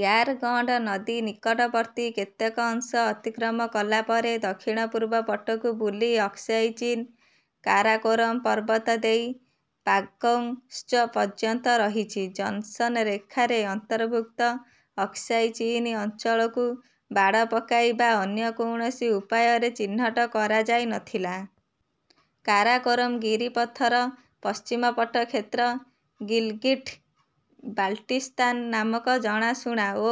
Yarkand ନଦୀ ନିକଟବର୍ତ୍ତୀ କେତେକ ଅଂଶ ଅତିକ୍ରମ କଲା ପରେ ଦକ୍ଷିଣ-ପୂର୍ବ ପଟକୁ ବୁଲି ଅକ୍ସାଇ ଚୀନ୍, କାରାକୋରମ୍ ପର୍ବତ ଦେଇ ପାଙ୍ଗୋଙ୍ଗ୍ ତ୍ସୋ ପର୍ଯ୍ୟନ୍ତ ରହିଛି। ଜନ୍‌ସନ୍ ରେଖାରେ ଅନ୍ତର୍ଭୁକ୍ତ ଅକ୍ସାଇ ଚୀନ୍ ଅଞ୍ଚଳକୁ ବାଡ଼ ପକାଇ ବା ଅନ୍ୟ କୌଣସି ଉପାୟରେ ଚିହ୍ନଟ କରାଯାଇ ନ ଥିଲା। କାରାକୋରମ୍ ଗିରିପଥର ପଶ୍ଚିମ ପଟ କ୍ଷେତ୍ର ଗିଲ୍‌ଗିଟ୍-ବାଲ୍‌ଟିସ୍ତାନ ନାମକ ଜଣାଶୁଣା ଓ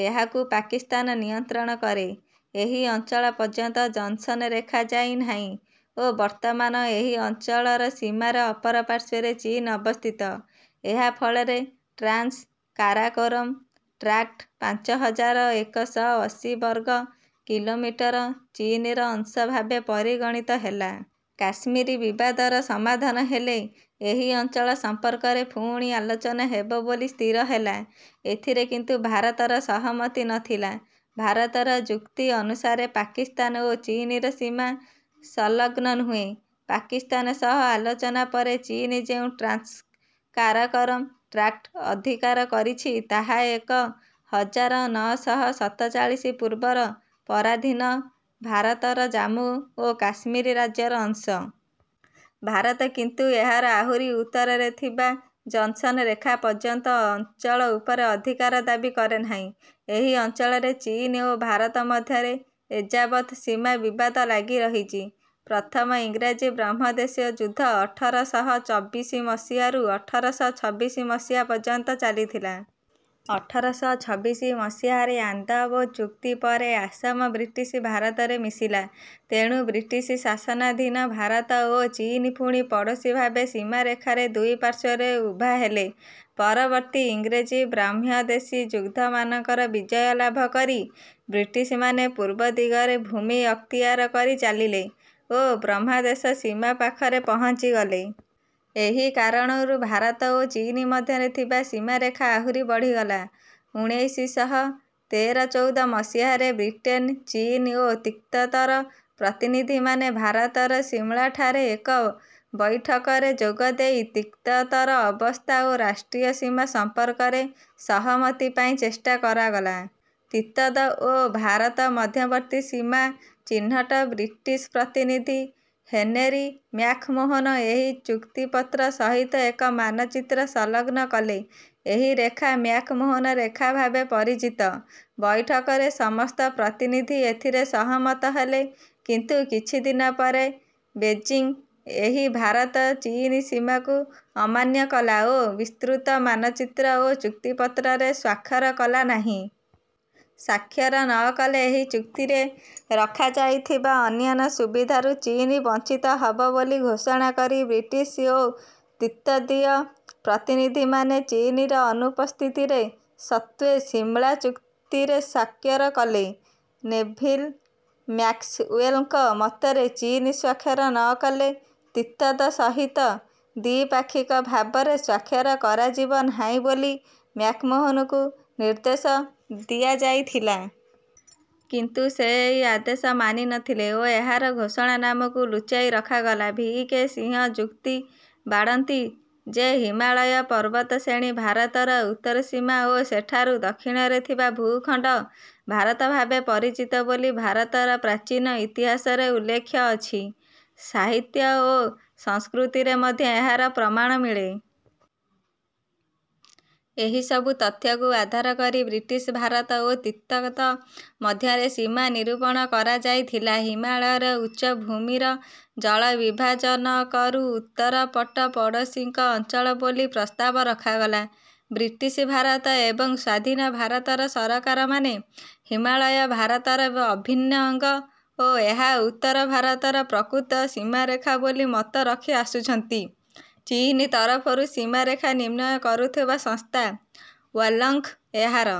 ଏହାକୁ ପାକିସ୍ତାନ ନିୟନ୍ତ୍ରଣ କରେ। ଏହି ଅଞ୍ଚଳ ପର୍ଯ୍ୟନ୍ତ ଜନ୍‌ସନ୍ ରେଖା ଯାଇ ନାହିଁ ଓ ବର୍ତ୍ତମାନ ଏହି ଅଞ୍ଚଳର ସୀମାର ଅପରପାର୍ଶ୍ୱରେ ଚୀନ୍ ଅବସ୍ଥିତ। ଏହା ଫଳରେ ଟ୍ରାନ୍ସ କାରାକୋରମ୍ ଟ୍ରାକ୍ଟ୍ ପାଞ୍ଚ ହଜାର ଏକ ଶହ ଅଶୀ ବର୍ଗ କିଲୋମିଟର ଚୀନ୍‌ର ଅଂଶ ଭାବେ ପରିଗଣିତ ହେଲା। କାଶ୍ମୀର ବିବାଦର ସମାଧାନ ହେଲେ ଏହି ଅଞ୍ଚଳ ସମ୍ପର୍କରେ ପୁଣି ଆଲୋଚନା ହେବ ବୋଲି ସ୍ଥିର ହେଲା। ଏଥିରେ କିନ୍ତୁ ଭାରତର ସହମତି ନ ଥିଲା। ଭାରତର ଯୁକ୍ତି ଅନୁସାରେ ପାକିସ୍ତାନ ଓ ଚୀନ୍‌ର ସୀମା ସଂଲଗ୍ନ ନୁହେଁ। ପାକିସ୍ତାନ ସହ ଆଲୋଚନା ପରେ ଚୀନ୍ ଯେଉଁ ଟ୍ରାନ୍ସ କାରାକୋରମ୍ ଟ୍ରାକ୍ଟ୍ ଅଧିକାର କରିଛି ତାହା ଏକ ହଜାର ନଅ ଶହ ସତଚାଳିଶ ପୂର୍ବର ପରାଧୀନ ଭାରତର ଜାମ୍ମୁ ଓ କାଶ୍ମୀର ରାଜ୍ୟର ଅଂଶ। ଭାରତ କିନ୍ତୁ ଏହାର ଆହୁରି ଉତ୍ତରରେ ଥିବା ଜନ୍‌ସନ୍ ରେଖା ପର୍ଯ୍ୟନ୍ତ ଅଞ୍ଚଳ ଉପରେ ଅଧିକାର ଦାବି କରେ ନାହିଁ। ଏହି ଅଞ୍ଚଳରେ ଚୀନ୍ ଓ ଭାରତ ମଧ୍ୟରେ ଏଯାବତ୍ ସୀମା ବିବାଦ ଲାଗି ରହିଛି। ପ୍ରଥମ ଇଂରାଜୀ-ବ୍ରହ୍ମଦେଶୀ ଯୁଦ୍ଧ ଅଠର ଶହ ଚବିଶ ମସିହାରୁ ଅଠର ଶହ ଛବିଶ ମସିହା ପର୍ଯ୍ୟନ୍ତ ଚାଲିଥିଲା। ଅଠର ଶହ ଛବିଶ ମସିହାରେ ୟାନ୍ଦାବୋ ଚୁକ୍ତି ପରେ ଆସାମ ବ୍ରିଟିଶ୍ ଭାରତରେ ମିଶିଲା। ତେଣୁ ବ୍ରିଟିଶ୍ ଶାସନାଧୀନ ଭାରତ ଓ ଚୀନ୍ ପୁଣି ପଡ଼ୋଶୀ ଭାବେ ସୀମାରେଖାରେ ଦୁଇ ପାର୍ଶ୍ୱରେ ଉଭା ହେଲେ। ପରବର୍ତ୍ତୀ ଇଂରାଜୀ-ବ୍ରାହ୍ମ୍ୟ ଦେଶୀ ଯୁଦ୍ଧମାନଙ୍କରେ ବିଜୟ ଲାଭ କରି ବ୍ରିଟିଶ୍‌ମାନେ ପୂର୍ବ ଦିଗରେ ଭୂମି ଅକ୍ତିଆର କରି ଚାଲିଲେ ଓ ବ୍ରହ୍ମାଦେଶ ସୀମା ପାଖରେ ପହଞ୍ଚିଗଲେ। ଏହି କାରଣରୁ ଭାରତ ଓ ଚୀନ୍ ମଧ୍ୟରେ ଥିବା ସୀମାରେଖା ଆହୁରି ବଢ଼ିଗଲା। ଉଣେଇଶ ଶହ ତେର-ଚଉଦ ମସିହାରେ ବ୍ରିଟେନ୍, ଚୀନ୍ ଓ ତିକ୍ତତର ପ୍ରତିନିଧିମାନେ ଭାରତର ସିମଳାଠାରେ ଏକ ବୈଠକରେ ଯୋଗ ଦେଇ ତିକ୍ତତର ଅବସ୍ଥା ଓ ରାଷ୍ଟ୍ରୀୟ ସୀମା ସମ୍ପର୍କରେ ସହମତି ପାଇଁ ଚେଷ୍ଟା କରାଗଲା। ତିକ୍ତତ ଓ ଭାରତ ମଧ୍ୟବର୍ତ୍ତୀ ସୀମା ଚିହ୍ନଟ ବ୍ରିଟିଶ୍ ପ୍ରତିନିଧି ହେନେରି ମ୍ୟାକ୍-ମୋହନ ଏହି ଚୁକ୍ତିପତ୍ର ସହିତ ଏକ ମାନଚିତ୍ର ସଂଲଗ୍ନ କଲେ। ଏହି ରେଖା ମ୍ୟାକ୍-ମୋହନ ରେଖା ଭାବେ ପରିଚିତ। ବୈଠକରେ ସମସ୍ତ ପ୍ରତିନିଧି ଏଥିରେ ସହମତ ହେଲେ କିନ୍ତୁ କିଛି ଦିନ ପରେ ବେଜିଂ ଏହି ଭାରତ-ଚୀନ୍ ସୀମାକୁ ଅମାନ୍ୟ କଲା ଓ ବିସ୍ତୃତ ମାନଚିତ୍ର ଓ ଚୁକ୍ତିପତ୍ରରେ ସ୍ୱାକ୍ଷର କଲା ନାହିଁ। ସ୍ୱାକ୍ଷର ନ କଲେ ଏହି ଚୁକ୍ତିରେ ରଖାଯାଇଥିବା ଅନ୍ୟାନ୍ୟ ସୁବିଧାରୁ ଚୀନ୍ ବଞ୍ଚିତ ହବ ବୋଲି ଘୋଷଣା କରି ବ୍ରିଟିଶ୍ ଓ ତିକ୍ତତୀୟ ପ୍ରତିନିଧିମାନେ ଚୀନ୍‌ର ଅନୁପସ୍ଥିତିରେ ସତ୍ତ୍ୱେ ସିମଳା ଚୁକ୍ତିରେ ସ୍ୱାକ୍ଷର କଲେ। ନେଭିଲ୍ ମ୍ୟାକ୍ସୱେଲ୍‌ଙ୍କ ମତରେ ଚୀନ୍ ସ୍ୱାକ୍ଷର ନ କଲେ ତିକ୍ତତ ସହିତ ଦ୍ୱିପାକ୍ଷିକ ଭାବେ ସ୍ୱାକ୍ଷର କରାଯିବ ନାହିଁ ବୋଲି ମ୍ୟାକ୍-ମୋହନଙ୍କୁ ନିର୍ଦ୍ଦେଶ ଦିଆଯାଇଥିଲା। କିନ୍ତୁ ସେ ଏହି ଆଦେଶ ମାନି ନ ଥିଲେ ଓ ଏହାର ଘୋଷଣାନାମାକୁ ଲୁଚାଇ ରଖାଗଲା। ଭି. କେ. ସିଂହ ଯୁକ୍ତି ବାଢ଼ନ୍ତି ଯେ ହିମାଳୟ ପର୍ବତଶ୍ରେଣୀ ଭାରତର ଉତ୍ତର ସୀମା ଓ ସେଠାରୁ ଦକ୍ଷିଣରେ ଥିବା ଭୂଖଣ୍ଡ ଭାରତ ଭାବେ ପରିଚିତ ବୋଲି ଭାରତର ପ୍ରାଚୀନ ଇତିହାସରେ ଉଲ୍ଲେଖ ଅଛି, ସାହିତ୍ୟ ଓ ସଂସ୍କୃତିରେ ମଧ୍ୟ ଏହାର ପ୍ରମାଣ ମିଳେ। ଏହି ସବୁ ତଥ୍ୟକୁ ଆଧାର କରି ବ୍ରିଟିଶ୍ ଭାରତ ଓ ତିକ୍ତଗ ତ ମଧ୍ୟରେ ସୀମା ନିରୂପଣ କରାଯାଇଥିଲା। ହିମାଳୟର ଉଚ୍ଚଭୂମିର ଜଳବିଭାଜନକରୁ ଉତ୍ତର ପଟ ପଡ଼ୋଶୀଙ୍କ ଅଞ୍ଚଳ ବୋଲି ପ୍ରସ୍ତାବ ରଖାଗଲା। ବ୍ରିଟିଶ୍ ଭାରତ ଏବଂ ସ୍ୱାଧୀନ ଭାରତର ସରକାରମାନେ ହିମାଳୟ ଭାରତର ଅଭିନ୍ନ ଅଙ୍ଗ ଓ ଏହା ଉତ୍ତର ଭାରତର ପ୍ରକୃତ ସୀମାରେଖା ବୋଲି ମତ ରଖିଆସୁଛନ୍ତି। ଚୀନ୍ ତରଫରୁ ସୀମାରେଖା ନିର୍ଣ୍ଣୟ କରୁଥିବା ସଂସ୍ଥା ୱାଲୋଙ୍ଗ୍ ଏହାର